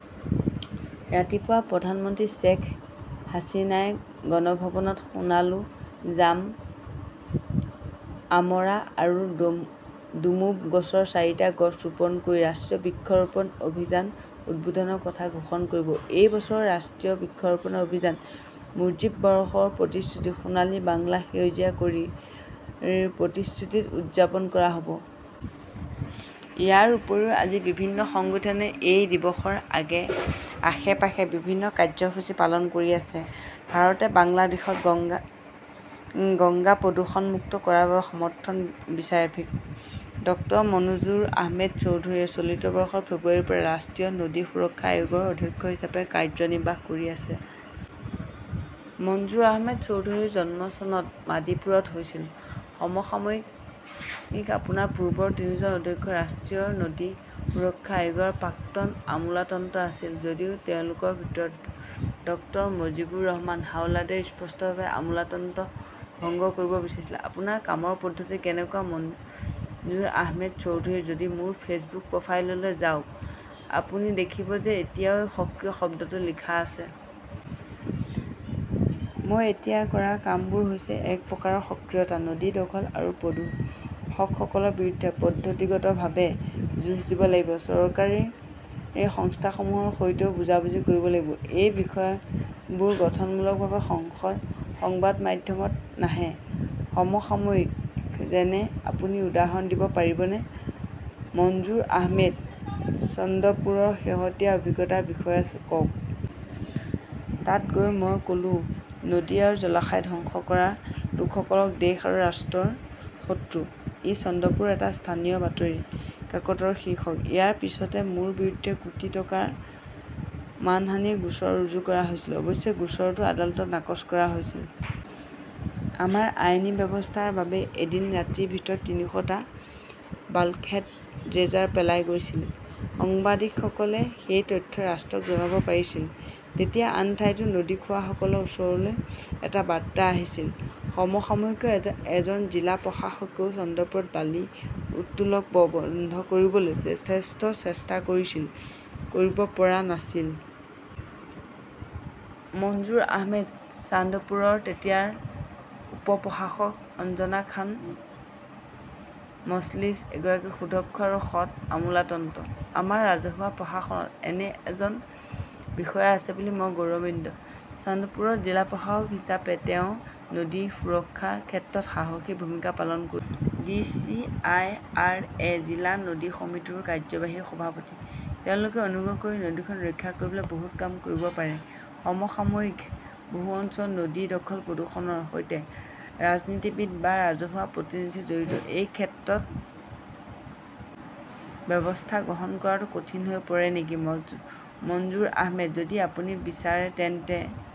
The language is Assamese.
ৰাতিপুৱা প্ৰধানমন্ত্ৰী শ্বেখ হাছিনাই গণভৱনত সোণালু, জাম, আমৰা আৰু ডুমুৰ গছৰ চাৰিটা গছ ৰোপণ কৰি ৰাষ্ট্ৰীয় বৃক্ষ ৰোপণ অভিযান উদ্বোধনৰ কথা ঘোষণা কৰিব। এই বছৰৰ ৰাষ্ট্ৰীয় বৃক্ষৰোপণ অভিযান মুজীব বৰ্ষৰ প্ৰতিশ্ৰুতি, সোণালী বাংলা সেউজীয়া কৰি ‘ৰ প্ৰতিশ্ৰুতিত উদযাপন কৰা হ’ব। ইয়াৰ উপৰিও আজি বিভিন্ন সংগঠনে এই দিৱসৰ আশে-পাশে বিভিন্ন কাৰ্যসূচী পালন কৰি আছে। ভাৰতে বাংলাদেশক গংগা প্ৰদূষণমুক্ত কৰাৰ বাবে সমৰ্থন বিচাৰে ডক্টৰ মনজুৰ আহমেদ চৌধুৰীয়ে চলিত বৰ্ষৰ ফেব্ৰুৱাৰীৰ পৰা ৰাষ্ট্ৰীয় নদী সুৰক্ষা আয়োগৰ অধ্যক্ষ হিচাপে কাৰ্যনিৰ্বাহ কৰি আছে। মঞ্জুৰ আহমেদ চৌধুৰীৰ জন্ম চনত মাদৰীপুৰত হৈছিল। সমসাময়িকঃ আপোনাৰ পূৰ্বৰ তিনিজন অধ্যক্ষ ৰাষ্ট্ৰীয় নদী সুৰক্ষা আয়োগৰ প্ৰাক্তন আমোলাতন্ত্ৰ আছিল। যদিও তেওঁলোকৰ ভিতৰত ডক্টৰ মুজীবুৰ ৰহমান হাওলাডাৰে স্পষ্টভাৱে আমোলাতন্ত্ৰ ভংগ কৰিব বিচাৰিছিল। আপোনাৰ কামৰ পদ্ধতি কেনেকুৱা মনজুৰ আহমেদ চৌধুৰীঃ যদি মোৰ ফেচবুক প্ৰফাইললৈ যাওক, আপুনি দেখিব যে এতিয়াও সক্ৰিয় শব্দটো লিখা আছে। মই এতিয়া কৰা কামবোৰ হৈছে এক প্ৰকাৰৰ সক্ৰিয়তা। নদী দখল আৰু প্ৰদূষকসকলৰ বিৰুদ্ধে পদ্ধতিগতভাৱে যুঁজ দিব লাগিব। চৰকাৰী সংস্থাসমূহৰ সৈতেও বুজাবুজি কৰিব লাগিব। এই বিষয়বোৰ গঠনমূলকভাৱে সংবাদ মাধ্যমত নাহে। সমসাময়িকঃ যেনে আপুনি উদাহৰণ দিব পাৰিবনে মনজুৰ আহমেদঃ চান্দপুৰৰ শেহতীয়া অভিজ্ঞতাৰ বিষয়ে কওক। তাত গৈ মই ক 'লো-নদী আৰু জলাশয় ধ্বংস কৰা লোকসকল দেশ আৰু ৰাষ্ট্ৰৰ শত্ৰু। ই চান্দপুৰৰ এটা স্থানীয় বাতৰি কাকতৰ শীৰ্ষক। ইয়াৰ পিছতে মোৰ বিৰুদ্ধে কোটি টকাৰ মানহানিৰ গোচৰ ৰুজু কৰা হৈছিল। অৱশ্যে গোচৰটো আদালতত নাকচ কৰা হৈছিল। আমাৰ আইনী ব্যৱস্থাৰ বাবে এদিন ৰাতিৰ ভিতৰত তিনিশ টা বাল্কহেড ড্ৰেজাৰ পলাই গৈছিল। সাংবাদিকসকলে সেই তথ্য ৰাষ্ট্ৰক জনাব পাৰিছিল। তেতিয়া আন ঠাইতো নদী খোৱাসকলৰ ওচৰলৈ এটা বাৰ্তা আহিছিল। সমসাময়িকঃ এজন জিলা প্ৰশাসকেও চান্দপুৰত বালি উত্তোলন বন্ধ কৰিবলৈ যথেষ্ট চেষ্টা কৰিছিল, কৰিব পৰা নাছিল। মনজুৰ আহমেদঃ চান্দপুৰৰ তেতিয়াৰ উপ-প্ৰশাসক অঞ্জনা খান মজলিছ এগৰাকী সুদক্ষ আৰু সৎ আমোলাতন্ত্ৰ। আমাৰ ৰাজহুৱা প্ৰশাসনত এনে এজন বিষয়া আছে বুলি মই গৌৰৱান্বিত। চান্দপুৰত জিলা প্ৰশাসক হিচাপে তেওঁ নদীৰ সুৰক্ষাৰ ক্ষেত্ৰত সাহসী ভূমিকা পালন কৰিছিল। D. C. I. R. A. জিলা নদী সমিতিৰো কাৰ্যবাহী সভাপতি। তেওঁলোকে অনুগ্ৰহ কৰি নদীখন ৰক্ষা কৰিবলৈ বহুত কাম কৰিব পাৰে। সমসাময়িকঃ বহু অঞ্চলত নদী দখল-প্ৰদূষণৰ সৈতে ৰাজনীতিবিদ বা ৰাজহুৱা প্ৰতিনিধি জড়িত। এই ক্ষেত্ৰত ব্যৱস্থা গ্ৰহণ কৰাটো কঠিন হৈ পৰে নেকি মনজুৰ আহমেদঃ যদি আপুনি বিচাৰে তেন্তে